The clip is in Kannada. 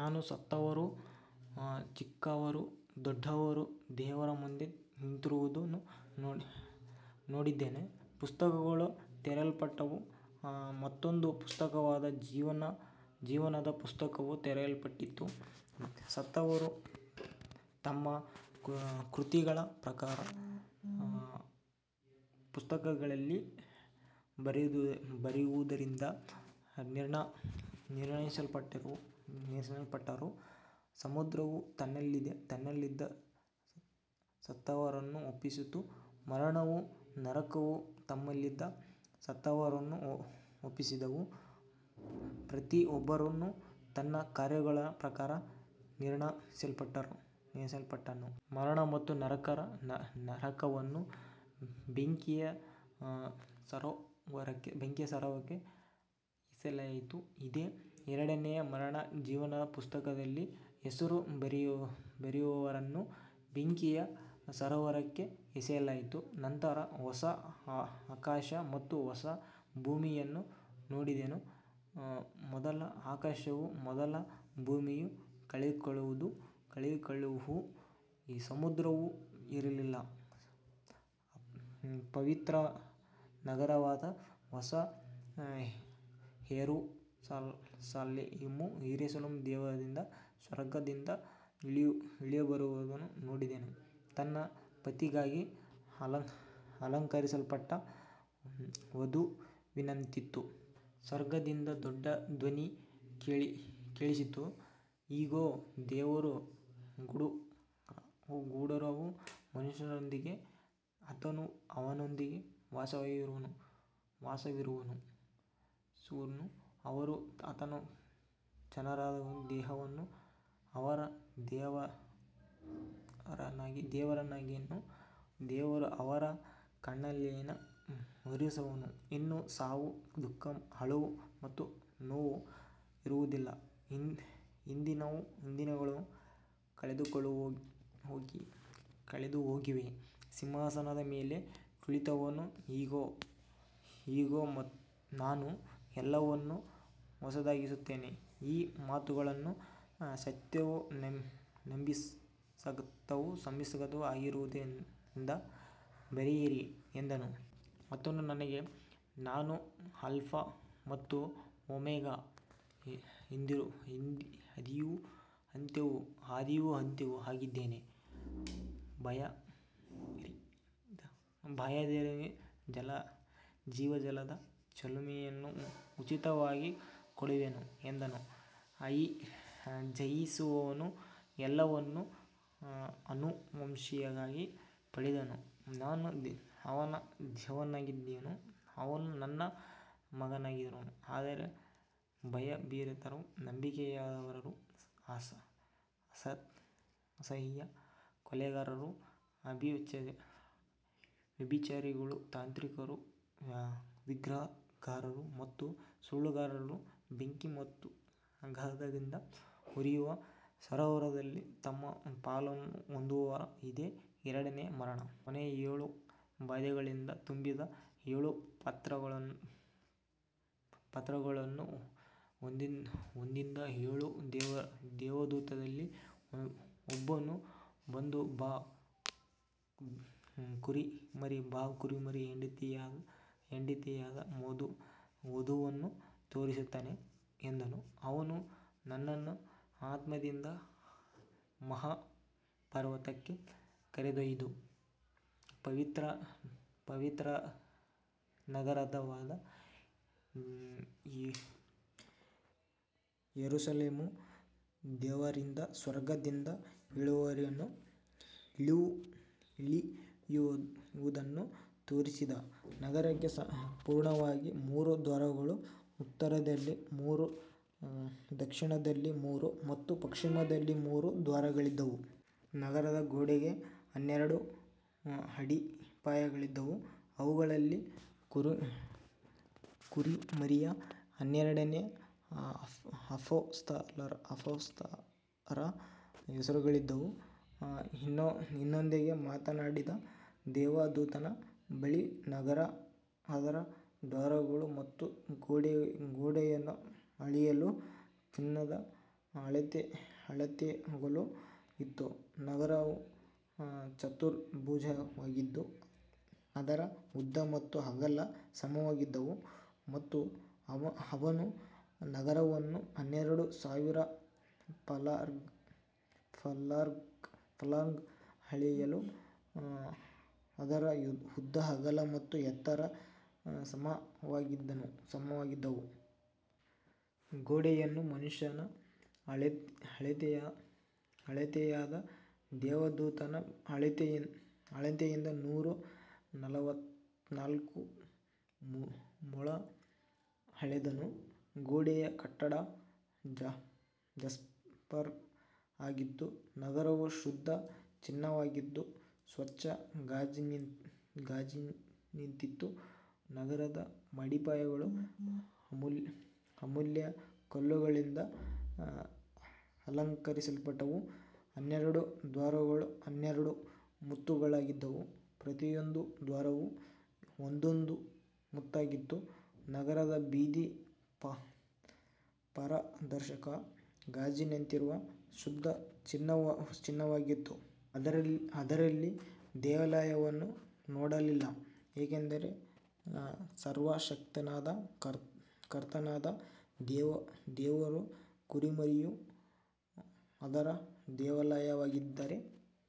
ನಾನು ಸತ್ತವರು, ಚಿಕ್ಕವರೂ ದೊಡ್ಡವರೂ, ದೇವರ ಮುಂದೆ ನಿಂತಿರುವುದನ್ನು ನೋಡಿದೆನು. ಪುಸ್ತಕಗಳು ತೆರೆಯಲ್ಪಟ್ಟವು, ಮತ್ತೊಂದು ಪುಸ್ತಕವಾದ ಜೀವನದ ಪುಸ್ತಕವೂ ತೆರೆಯಲ್ಪಟ್ಟಿತು. ಸತ್ತವರು ತಮ್ಮ ಕೃತಿಗಳ ಪ್ರಕಾರ ಪುಸ್ತಕಗಳಲ್ಲಿ ಬರೆದಿರುವುದರಿಂದ ನಿರ್ಣಯಿಸಲ್ಪಟ್ಟರು. ಸಮುದ್ರವು ತನ್ನಲ್ಲಿದ್ದ ಸತ್ತವರನ್ನು ಒಪ್ಪಿಸಿತು, ಮರಣವೂ ನರಕವೂ ತಮ್ಮಲ್ಲಿದ್ದ ಸತ್ತವರನ್ನು ಒಪ್ಪಿಸಿದವು. ಪ್ರತಿಯೊಬ್ಬನೂ ತನ್ನ ಕಾರ್ಯಗಳ ಪ್ರಕಾರ ನಿರ್ಣಯಿಸಲ್ಪಟ್ಟನು. ಮರಣ ಮತ್ತು ನರಕವನ್ನು ಬೆಂಕಿಯ ಸರೋವರಕ್ಕೆ ಎಸೆಯಲಾಯಿತು, ಇದೇ ಎರಡನೆಯ ಮರಣ. ಜೀವನದ ಪುಸ್ತಕದಲ್ಲಿ ಹೆಸರು ಬರೆಯದವರನ್ನೂ ಬೆಂಕಿಯ ಸರೋವರಕ್ಕೆ ಎಸೆಯಲಾಯಿತು. ನಂತರ ಹೊಸ ಆಕಾಶ ಮತ್ತು ಹೊಸ ಭೂಮಿಯನ್ನು ನೋಡಿದೆನು. ಮೊದಲ ಆಕಾಶವೂ ಮೊದಲ ಭೂಮಿಯೂ ಕಳೆದುಹೋದವು, ಸಮುದ್ರವೂ ಇರಲಿಲ್ಲ. ಪವಿತ್ರನಗರವಾದ ಹೊಸ ಯೆರೂಸಲೇಮು ದೇವರಿಂದ ಸ್ವರ್ಗದಿಂದ ಇಳಿದುಬರುವುದನ್ನು ನೋಡಿದೆನು, ತನ್ನ ಪತಿಗಾಗಿ ಅಲಂಕರಿಸಲ್ಪಟ್ಟ ವಧುವಿನಂತಿತ್ತು. ಸ್ವರ್ಗದಿಂದ ದೊಡ್ಡ ಧ್ವನಿ ಕೇಳಿಸಿತು, ಇಗೋ, ದೇವರ ಗುಡಾರವು ಮನುಷ್ಯರೊಂದಿಗಿದೆ, ಆತನು ಅವರೊಂದಿಗೆ ವಾಸಿಸುವನು, ಅವರು ಆತನ ಜನರಾಗುವರು, ದೇವರು ಅವರ ದೇವರಾಗಿರುವನು. ದೇವರು ಅವರ ಕಣ್ಣೀರನ್ನೆಲ್ಲ ಒರೆಸುವನು. ಇನ್ನು ಸಾವು, ದುಃಖ, ಅಳುವು ಅಥವಾ ನೋವು ಇರುವುದಿಲ್ಲ, ಹಿಂದಿನವುಗಳು ಕಳೆದುಹೋಗಿವೆ. ಸಿಂಹಾಸನದ ಮೇಲೆ ಕುಳಿತವನು, ಇಗೋ, ನಾನು ಎಲ್ಲವನ್ನೂ ಹೊಸದಾಗಿಸುತ್ತೇನೆ, ಈ ಮಾತುಗಳು ಸತ್ಯವೂ ನಂಬಿಗಸ್ತವೂ ಆಗಿರುವುದರಿಂದ ಬರೆಯಿರಿ ಎಂದನು. ಆತನು ನನಗೆ, ನಾನು ಆಲ್ಫಾ ಮತ್ತು ಓಮೆಗಾ, ಆದಿಯೂ ಅಂತ್ಯವೂ ಆಗಿದ್ದೇನೆ, ಬಾಯಾರಿದವನಿಗೆ ಜೀವಜಲದ ಚಿಲುಮೆಯನ್ನು ಉಚಿತವಾಗಿ ಕೊಡುವೆನು ಎಂದನು. ಜಯಿಸುವವನು ಎಲ್ಲವನ್ನೂ ಆನುವಂಶಿಕವಾಗಿ ಪಡೆಯುವನು, ನಾನು ಅವನ ದೇವರಾಗಿರುವೆನು, ಅವನು ನನ್ನ ಮಗನಾಗಿರುವನು. ಆದರೆ ಭಯಭೀತರು, ನಂಬಿಕೆಯಿಲ್ಲದವರು, ಅಸಹ್ಯರು, ಕೊಲೆಗಾರರು, ವ್ಯಭಿಚಾರಿಗಳು, ಮಾಂತ್ರಿಕರು, ವಿಗ್ರಹಾರಾಧಕರು ಮತ್ತು ಸುಳ್ಳುಗಾರರೆಲ್ಲರೂ ಬೆಂಕಿ ಮತ್ತು ಗಂಧಕದಿಂದ ಉರಿಯುವ ಸರೋವರದಲ್ಲಿ ತಮ್ಮ ಪಾಲನ್ನು ಹೊಂದುವರು, ಇದೇ ಎರಡನೆಯ ಮರಣ. ಕೊನೆಯ ಏಳು ಬಾಧೆಗಳಿಂದ ತುಂಬಿದ ಏಳು ಪಾತ್ರಗಳನ್ನು ಹೊಂದಿದ್ದ ಏಳು ದೇವದೂತರಲ್ಲಿ ಒಬ್ಬನು ಬಂದು, ಬಾ, ಕುರಿಮರಿಯ ಹೆಂಡತಿಯಾದ ವಧುವನ್ನು ತೋರಿಸುತ್ತೇನೆ ಎಂದನು. ಅವನು ನನ್ನನ್ನು ಆತ್ಮದಲ್ಲಿ ಮಹಾಪರ್ವತಕ್ಕೆ ಕರೆದೊಯ್ದು, ಪವಿತ್ರನಗರವಾದ ಯೆರೂಸಲೇಮು ದೇವರಿಂದ ಸ್ವರ್ಗದಿಂದ ಇಳಿಯುವುದನ್ನು ತೋರಿಸಿದನು. ನಗರಕ್ಕೆ ಪೂರ್ವದಲ್ಲಿ ಮೂರು ದ್ವಾರಗಳು, ಉತ್ತರದಲ್ಲಿ ಮೂರು, ದಕ್ಷಿಣದಲ್ಲಿ ಮೂರು ಮತ್ತು ಪಶ್ಚಿಮದಲ್ಲಿ ಮೂರು ದ್ವಾರಗಳಿದ್ದವು. ನಗರದ ಗೋಡೆಗೆ ಹನ್ನೆರಡು ಅಡಿಪಾಯಗಳಿದ್ದವು, ಅವುಗಳಲ್ಲಿ ಕುರಿಮರಿಯ ಹನ್ನೆರಡು ಅಪೊಸ್ತಲರ ಹೆಸರುಗಳಿದ್ದವು. ನನ್ನೊಂದಿಗೆ ಮಾತನಾಡಿದ ದೇವದೂತನ ಬಳಿ ನಗರ, ಅದರ ದ್ವಾರಗಳು ಮತ್ತು ಗೋಡೆಯನ್ನು ಅಳೆಯಲು ಚಿನ್ನದ ಅಳತೆಗೋಲು ಇತ್ತು. ನಗರವು ಚತುರ್ಭುಜವಾಗಿದ್ದು, ಅದರ ಉದ್ದ ಮತ್ತು ಅಗಲ ಸಮವಾಗಿದ್ದವು. ಅವನು ನಗರವನ್ನು ಹನ್ನೆರಡು ಸಾವಿರ ಫರ್ಲಾಂಗ್ ಅಳೆದನು, ಅದರ ಉದ್ದ, ಅಗಲ ಮತ್ತು ಎತ್ತರ ಸಮವಾಗಿದ್ದವು. ಗೋಡೆಯನ್ನು ಮನುಷ್ಯನ ಅಳತೆಯಾದ ದೇವದೂತನ ಅಳತೆಯಿಂದ ನೂರ ನಲವತ್ತನಾಲ್ಕು ಮೊಳ ಅಳೆದನು. ಗೋಡೆಯ ಕಟ್ಟಡ ಜಾಸ್ಪರ್ ಆಗಿತ್ತು, ನಗರವು ಶುದ್ಧ ಚಿನ್ನವಾಗಿದ್ದು, ಸ್ವಚ್ಛ ಗಾಜಿನಂತಿತ್ತು. ನಗರದ ಅಡಿಪಾಯಗಳು ಅಮೂಲ್ಯ ಕಲ್ಲುಗಳಿಂದ ಅಲಂಕರಿಸಲ್ಪಟ್ಟಿದ್ದವು, ಹನ್ನೆರಡು ದ್ವಾರಗಳು ಹನ್ನೆರಡು ಮುತ್ತುಗಳಾಗಿದ್ದವು, ಪ್ರತಿಯೊಂದು ದ್ವಾರವೂ ಒಂದೊಂದು ಮುತ್ತಾಗಿತ್ತು. ನಗರದ ಬೀದಿ ಪಾರದರ್ಶಕ ಗಾಜಿನಂತಿರುವ ಶುದ್ಧ ಚಿನ್ನವಾಗಿತ್ತು. ಅದರಲ್ಲಿ ದೇವಾಲಯವನ್ನು ನೋಡಲಿಲ್ಲ, ಏಕೆಂದರೆ ಸರ್ವಶಕ್ತನಾದ ಕರ್ತನಾದ ದೇವರೂ ಕುರಿಮರಿಯೂ ಅದರ ದೇವಾಲಯವಾಗಿದ್ದಾರೆ.